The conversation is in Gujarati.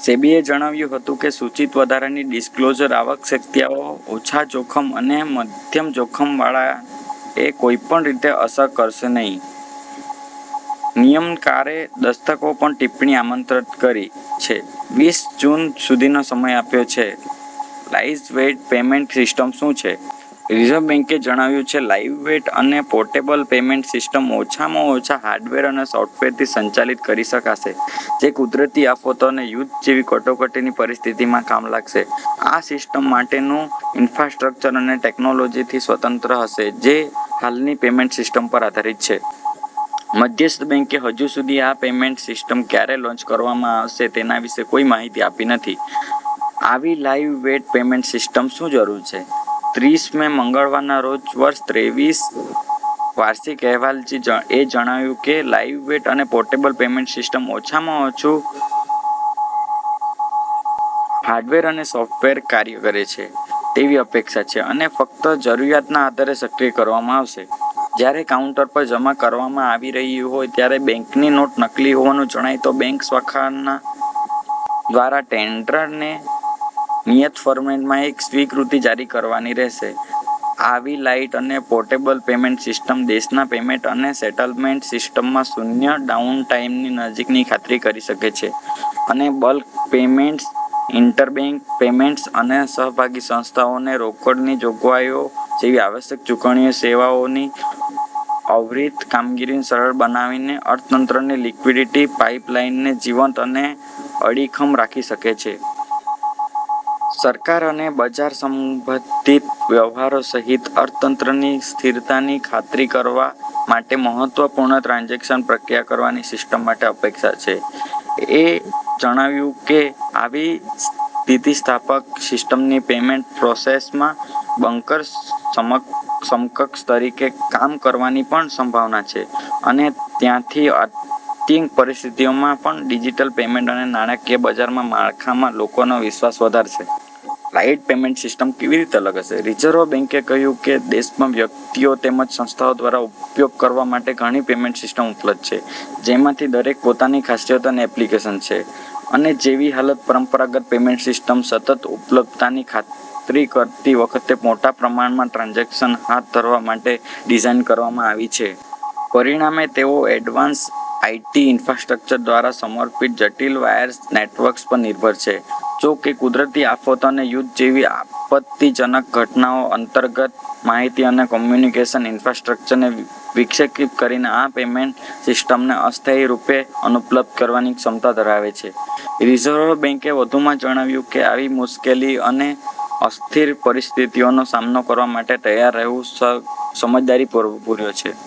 સેબીએ જણાવ્યું હતું કે સૂચિત વધારાની ડિસ્ક્લોઝર આવકશ્યકતાઓ ઓછા-જોખમ અને મધ્યમ-જોખમવાળા એ કોઈપણ રીતે અસર કરશે નહીં. નિયમકારે દસ્તકો પર ટિપ્પણીઓ આમંત્રિત કરી છે, વીસ જૂન સુધીનો સમય આપ્યો છે. લાઇઝવેઇટ પેમેન્ટ સિસ્ટમ શું છે? રિઝર્વ બેંકે જણાવ્યું છે, લાઇટવેઇટ અને પોર્ટેબલ પેમેન્ટ સિસ્ટમ ઓછામાં ઓછા હાર્ડવેર અને સોફ્ટવેરથી સંચાલિત કરી શકાશે, જે કુદરતી આફતો ને યુદ્ધ જેવી કટોકટીની પરિસ્થિતિમાં કામ લાગશે. આ સિસ્ટમ માટેનું ઈન્ફ્રાસ્ટ્રક્ચર અને ટેકનોલોજીથી સ્વતંત્ર હશે જે હાલની પેમેન્ટ સિસ્ટમ પર આધારિત છે. મધ્યસ્થ બેંકે હજુ સુધી આ પેમેન્ટ સિસ્ટમ ક્યારે લોન્ચ કરવામાં આવશે તેના વિશે કોઇ માહિતી આપી નથી. આવી લાઇવવેઇટ પેમેન્ટ સિસ્ટમની શું જરૂર છે? ત્રીસ મે, મંગળવારના રોજ વર્ષ ત્રેવીસ વાર્ષિક અહેવાલ એ જણાવ્યું કે, લાઇવવેઇટ અને પોર્ટેબલ પેમેન્ટ સિસ્ટમ ઓછામાં ઓછુ હાર્ડવેર અને સૉફ્ટવેર કાર્ય કરે છે તેવી અપેક્ષા છે અને તેને ફક્ત "જરૂરિયાતના આધારે" સક્રિય કરવામાં આવશે. જ્યારે કાઉન્ટર પર જમા કરવામાં આવી રહી હોય ત્યારે બેંકની નોટ નકલી હોવાનું જણાય તો બેંક શાખાના દ્વારા ટેન્ડરર ને નિયત ફોર્મેટમાં એક સ્વીકૃતિ જારી કરવાની રહેશે. "આવી લાઇટ અને પોર્ટેબલ પેમેન્ટ સિસ્ટમ દેશમાં પેમેન્ટ અને સેટલમેન્ટ સિસ્ટમના શૂન્ય ડાઉનટાઇમની નજીકની ખાતરી કરી શકે છે અને બલ્ક પેમેન્ટ્સ, ઇન્ટરબેંક પેમેન્ટ્સ અને સહભાગી સંસ્થાઓને રોકડની જોગવાઈઓ જેવી આવશ્યક ચુકવણી સેવાઓની અવિરત કામગીરીને સરળ બનાવીને અર્થતંત્રની લિક્વિડિટી પાઇપલાઇનને જીવંત અને અડીખમ રાખી શકે છે. સરકાર અને બજાર સંબંધિત વ્યવહારો સહિત અર્થતંત્રની સ્થિરતાની ખાતરી કરવા માટે મહત્વપૂર્ણ ટ્રાન્ઝેક્શન પ્રક્રિયા કરવાની સિસ્ટમ માટે અપેક્ષા છે. એ જણાવ્યું કે, "આવી સ્થિતિસ્થાપક સિસ્ટમથી પેમેન્ટની પ્રોસેસમાં બંકર સમ સમકક્ષ તરીકે કામ કરવાની પણ સંભાવના છે અને ત્યાંથી અનત્તિમ પરિસ્થિતિઓમાં પણ ડિજિટલ પેમેન્ટ અને નાણાકીય બજારના માળખામાં લોકોનો વિશ્વાસ વધારશે. " લાઇટ પેમેન્ટ સિસ્ટમ કેવી રીતે અલગ હશે? રિઝર્વ બેંકે કહ્યું કે, દેશમાં વ્યક્તિઓ તેમજ સંસ્થાઓ દ્વારા ઉપયોગ કરવા માટે ઘણી પેમેન્ટ સિસ્ટમ્સ ઉપલબ્ધ છે, જેમાંથી દરેકની પોતાની ખાસિયત અને એપ્લિકેશન છે અને જેવી હાલત પરંપરાગત પેમેન્ટ સિસ્ટમ્સ સતત ઉપલબ્ધતાની ખાતરી કરતી વખતે મોટા પ્રમાણમાં ટ્રાન્ઝેક્શન હાથ ધરવા માટે ડિઝાઇન કરવામાં આવી છે. પરિણામે, તેઓ એડવાન્સ્ડ આઇટી ઇન્ફ્રાસ્ટ્રક્ચર દ્વારા સમર્પિત જટિલ વાયર્સ નેટવર્ક્સ પર નિર્ભર છે. "જો કે, કુદરતી આફતો અને યુદ્ધ જેવી આપત્તિજનક ઘટનાઓ અંતર્ગત માહિતી અને કોમ્યુનિકેશન ઇન્ફ્રાસ્ટ્રક્ચરને વિક્ષેપિત કરીને આ પેમેન્ટ સિસ્ટમને અસ્થાયી રૂપે અનુપલબ્ધ કરવાની ક્ષમતા ધરાવે છે," રિઝર્વ બેંકે વધુમાં જણાવ્યું કે, આવી મુશ્કેલી અને અસ્થિર પરિસ્થિતિઓનો સામનો કરવા માટે તૈયાર રહેવું સ સમજદારીભર્યું છે.